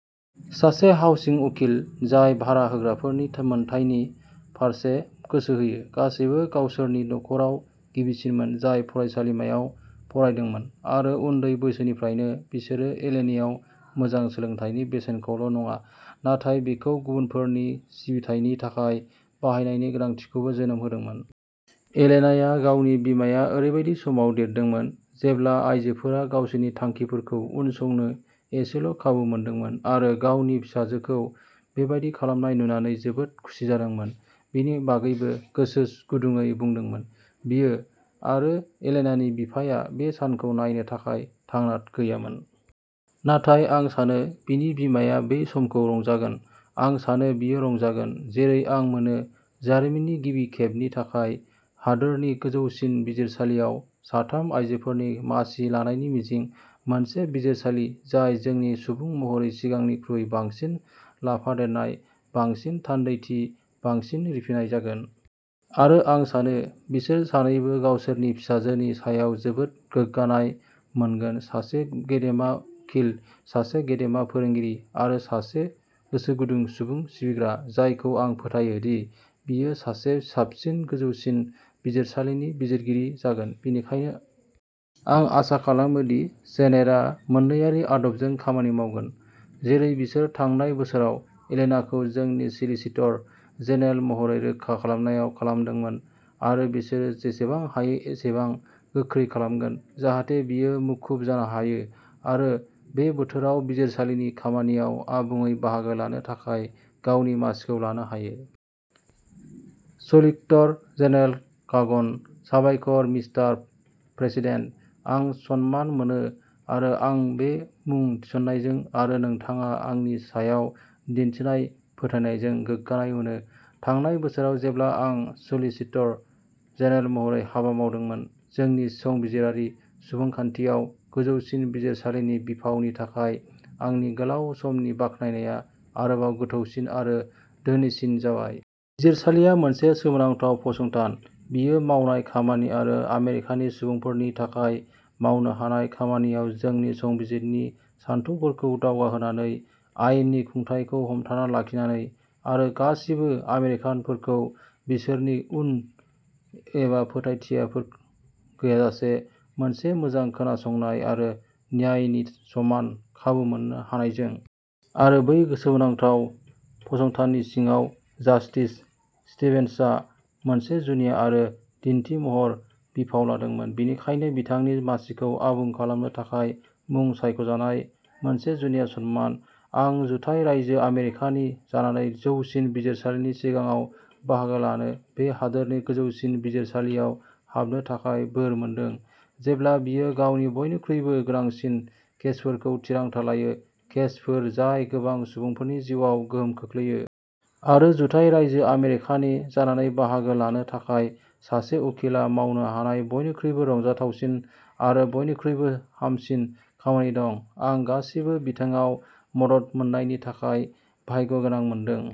सासे हाउसिं उखिल, जाय भारा होग्राफोरनि मोनथायनि फारसे गोसो होयो। सानैबो गावसोरनि नख'राव गिबिसिनमोन जाय फरायसालिमायाव फरायदोंमोन। आरो उन्दै बैसोनिफ्रायनो, बिसोरो एलेनायाव मोजां सोलोंथायनि बेसेनखौल'नङा, नाथाय बेखौ गुबुनफोरनि सिबिथायनि थाखाय बाहायनायनि गोनांथिखौबो जोनोम होदोंमोन। एलेनाया गावनि बिमाया ओरैबायदि समाव देरदोंमोन जेब्ला आइजोफोरा गावसोरनि थांखिफोरखौ उनसंनो एसेल'खाबु मोनदोंमोन आरो गावनि फिसाजोखौ बेबादि खालामनाय नुनानै जोबोद खुसि जादोंमोन बेनि बागैबो गोसो गुदुंयै बुंदोंमोन। बियो, आरो एलेनानि बिफाया, बे सानखौ नायनो थाखाय थांना गैयामोन। नाथाय आं सानो बिनि बिमाया बे समखौ रंजागोन। आं सानो बियो रंजागोन-- जेरै आं मोनो-- जारिमिननि गिबि खेबनि थाखाय हादोरनि गोजौसिन बिजिरसालियाव साथाम आयजोफोरनि मासि लानायनि मिजिं। मोनसे बिजिरसालि जाय जोंनि सुबुं महरै सिगांनिख्रुइ बांसिन लाफादेरनाय, बांसिन थान्दैथि, बांसिन रिफिनाय जागोन। आरो आं सानो। बिसोर सानैबो गावसोरनि फिसाजोनि सायाव जोबोद गोग्गानाय मोनगोन-सासे गेदेमा उखिल, सासे गेदेमा फोरोंगिरि, आरो सासे गोसोगुदुं सुबुं सिबिग्रा, जायखौ आं फोथायो दि बियो सासे साबसिन जौसिन बिजिरसालिनि बिजिरगिरि जागोन। बेनिखायनो आं आसा खालामो दि सेनेटआ मोन्नैआरि आदबजों खामानि मावगोन, जेरै बिसोर थांनाय बोसोराव एलेनाखौ जोंनि सलिसिटर जेनेरेल महरै रोखा खालामनायाव खालामदोंमोन, आरो बिसोरो जेसेबां हायो एसेबां गोख्रै खालामगोन, जाहाथे बियो मुखुब जानो हायो आरो बे बोथोराव बिजिरसालिनि खामानियाव आबुङै बाहागो लानो थाखाय गावनि मासिखौ लानो हायो। सलिक्टर जेनेरेल कागनः साबायखर, मिस्टार प्रेसिदेन्ट। आं सनमान मोनो आरो आं बे मुं थिसननायजों आरो नोंथाङा आंनि सायाव दिन्थिनाय फोथायनायजों गोग्गानाय मोनो। थांनाय बोसोराव जेब्ला आं सलिसिटर जेनेरेल महरै हाबा मावदोंमोन, जोंनि संबिजिरारि सुबुंखान्थियाव गोजौसिन बिजिरसालिनि बिफावनि थाखाय आंनि गोलाव समनि बाख्नायनाया आरोबाव गोथौसिन आरो धोनिसिन जाबाय। बिजिरसालिया मोनसे सोमोनांथाव फसंथान। बेयो मावनाय खामानि आरो आमेरिकानि सुबुंफोरनि थाखाय मावनो हानाय खामानियाव जोंनि संबिजिदनि सानथौफोरखौ दावगाहोनानै, आयेननि खुंथायखौ हमथाना लाखिनानै, आरो गासिबो आमेरिकानफोरखौ, बिसोरनि उननु एबा फोथायथिफोर गैयाजासे, मोनसे मोजां खोनासंनाय आरो न्यायनि समान खाबु मोन्नो हानायजों। आरो बै सोमोनांथाव फसंथाननि सिङाव, जास्टिस स्टिभेन्सआ मोनसे जुनिया आरो दिन्थिमहर बिफाव लादोंमोन। बेनिखायनो, बिथांनि मासिखौ आबुं खालामनो थाखाय मुं सायख'जानायआ मोनसे जुनिया सनमान। आं जुथाइ रायजो आमेरिकानि जानानै जौसिन बिजिरसालिनि सिगाङाव बाहागो लानो, बे हादोरनि गोजौसिन बिजिरसालियाव हाबनो थाखाय बोर मोनदों, जेब्ला बेयो गावनि बयनिख्रुइबो गोनांसिन केसफोरखौ थिरांथा लायो, केसफोर जाय गोबां सुबुंफोरनि जिउआव गोहोम खोख्लैयो। आरो जुथाइ रायजो आमेरिकानि जानानै बाहागो लानो थाखाय सासे उखिलआ मावनो हानाय बयनिख्रुइबो रंजाथावसिन आरो बयनिख्रुइबो हामसिन खामानि दं। आं गासिबो बिथिङाव मदद मोन्नायनि थाखाय भाग्यगोनां मोनदों।